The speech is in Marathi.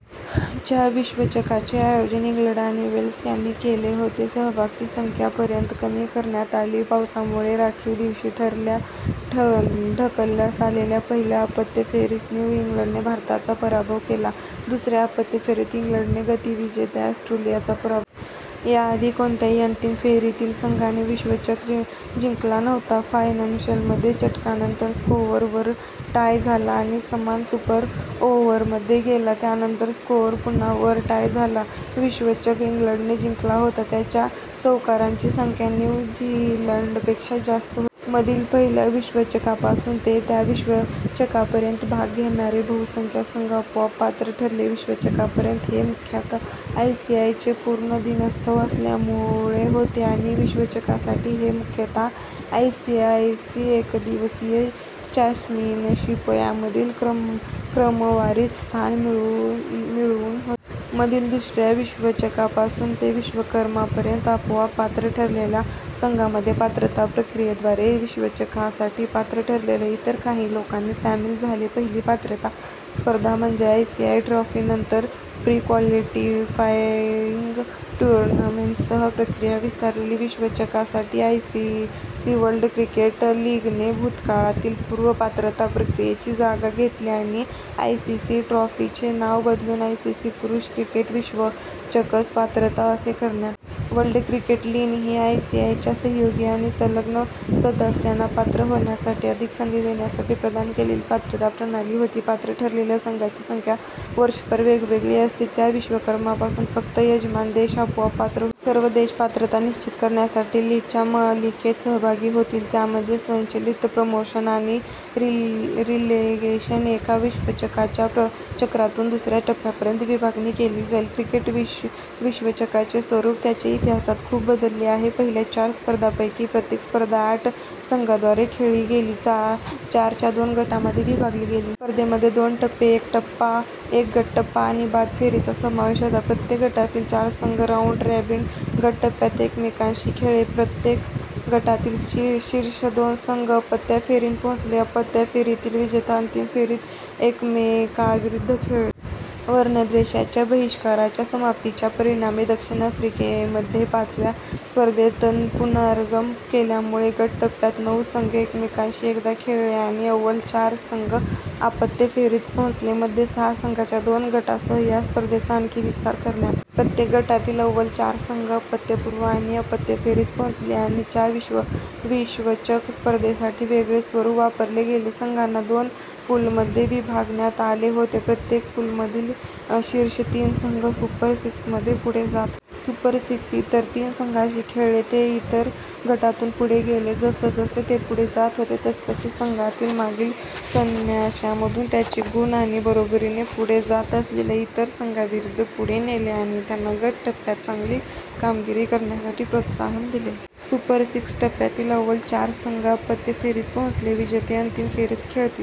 च्या विश्वचषकाचे आयोजन इंग्लंड आणि वेल्स यांनी केले होते. सहभागींची संख्या पर्यंत कमी करण्यात आली. पावसामुळे राखीव दिवशी ढकलण्यात आलेल्या पहिल्या उपांत्य फेरीत न्यू झीलंडने भारताचा पराभव केला. दुसऱ्या उपांत्य फेरीत इंग्लंडने गतविजेत्या ऑस्ट्रेलियाचा पराभव केला. याआधी कोणत्याही अंतिम फेरीतील संघाने विश्वचषक जिंकला नव्हता. फायनलमध्ये, षटकांनंतर स्कोअर वर टाय झाला आणि सामना सुपर ओव्हरमध्ये गेला, त्यानंतर स्कोअर पुन्हा वर टाय झाला. विश्वचषक इंग्लंडने जिंकला होता, ज्यांच्या चौकारांची संख्या न्यू झीलंडपेक्षा जास्त होती. मधील पहिल्या विश्वचषकापासून ते च्या विश्वचषकापर्यंत, भाग घेणारे बहुसंख्य संघ आपोआप पात्र ठरले. विश्वचषकापर्यंत हे मुख्यतः आयसीसी चे पूर्ण सदस्यत्व असल्यामुळे होते आणि विश्वचषकासाठी हे मुख्यतः आयसीसी एकदिवसीय चॅम्पियनशिपमधील क्रमवारीत स्थान मिळवून होते. मधील दुसऱ्या विश्वचषकापासून ते च्या विश्वचषकापर्यंत, आपोआप पात्र ठरलेल्या संघांमध्ये पात्रता प्रक्रियेद्वारे विश्वचषकासाठी पात्र ठरलेल्या इतर काही संख्येने सामील झाले. पहिली पात्रता स्पर्धा म्हणजे आयसीसी ट्रॉफी; नंतर प्री-क्वालिफायिंग टूर्नामेंट्ससह प्रक्रिया विस्तारते. विश्वचषकासाठी, आयसीसी वर्ल्ड क्रिकेट लीगने भूतकाळातील पूर्व-पात्रता प्रक्रियेची जागा घेतली; आणि "आयसीसी ट्रॉफी" चे नाव बदलून "आयसीसी पुरुष क्रिकेट विश्वचषक पात्रता" असे करण्यात आले. वर्ल्ड क्रिकेट लीग ही आयसीसीच्या सहयोगी आणि संलग्न सदस्यांना पात्र होण्यासाठी अधिक संधी देण्यासाठी प्रदान केलेली पात्रता प्रणाली होती. पात्र ठरलेल्या संघांची संख्या वर्षभर वेगवेगळी असते. च्या विश्वचषकापासून, फक्त यजमान देश आपोआप पात्र होतील. सर्व देश पात्रता निश्चित करण्यासाठी लीगच्या मालिकेत सहभागी होतील, ज्यामध्ये स्वयंचलित प्रमोशन आणि रेलेगेशन एका विश्वचषकाच्या चक्रातून दुसऱ्या टप्प्यापर्यंत विभागणी केली जाईल. क्रिकेट विश्वचषकाचे स्वरूप त्याच्या इतिहासात खूप बदलले आहे. पहिल्या चार स्पर्धांपैकी प्रत्येक स्पर्धा आठ संघांद्वारे खेळली गेली, चारच्या दोन गटांमध्ये विभागली गेली. स्पर्धेमध्ये दोन टप्पे, एक गट टप्पा आणि बाद फेरीचा समावेश होता. प्रत्येक गटातील चार संघ राऊंड-रॉबिन गट टप्प्यात एकमेकांशी खेळले, प्रत्येक गटातील शीर्ष दोन संघ उपांत्य फेरीत पोहोचले. उपांत्य फेरीतील विजेते अंतिम फेरीत एकमेकांविरुद्ध खेळले. वर्णद्वेषाच्या बहिष्काराच्या समाप्तीच्या परिणामी दक्षिण आफ्रिकेने मध्ये पाचव्या स्पर्धेत पुनरागमन केल्यामुळे, गट टप्प्यात नऊ संघ एकमेकांशी एकदा खेळले आणि अव्वल चार संघ उपांत्य फेरीत पोहोचले. मध्ये सहा संघांच्या दोन गटांसह या स्पर्धेचा आणखी विस्तार करण्यात आला. प्रत्येक गटातील अव्वल चार संघ उपांत्यपूर्व आणि उपांत्य फेरीत पोहोचले. आणि च्या विश्वचषक स्पर्धेसाठी वेगळे स्वरूप वापरले गेले. संघांना दोन पूलमध्ये विभागण्यात आले होते, प्रत्येक पूलमधील शीर्ष तीन संघ सुपर सिक्स मध्ये पुढे जात होते. सुपर सिक्स संघ इतर तीन संघांशी खेळले जे इतर गटातून पुढे गेले. जसजसे ते पुढे जात होते, तसतसे संघांनी मागील सामन्यांमधून त्यांचे गुण त्यांच्या बरोबरीने पुढे जात असलेल्या इतर संघांविरुद्ध पुढे नेले आणि त्यांना गट टप्प्यात चांगली कामगिरी करण्यासाठी प्रोत्साहन दिले. "सुपर सिक्स" टप्प्यातील अव्वल चार संघ उपांत्य फेरीत पोहोचले, विजेते अंतिम फेरीत खेळतील.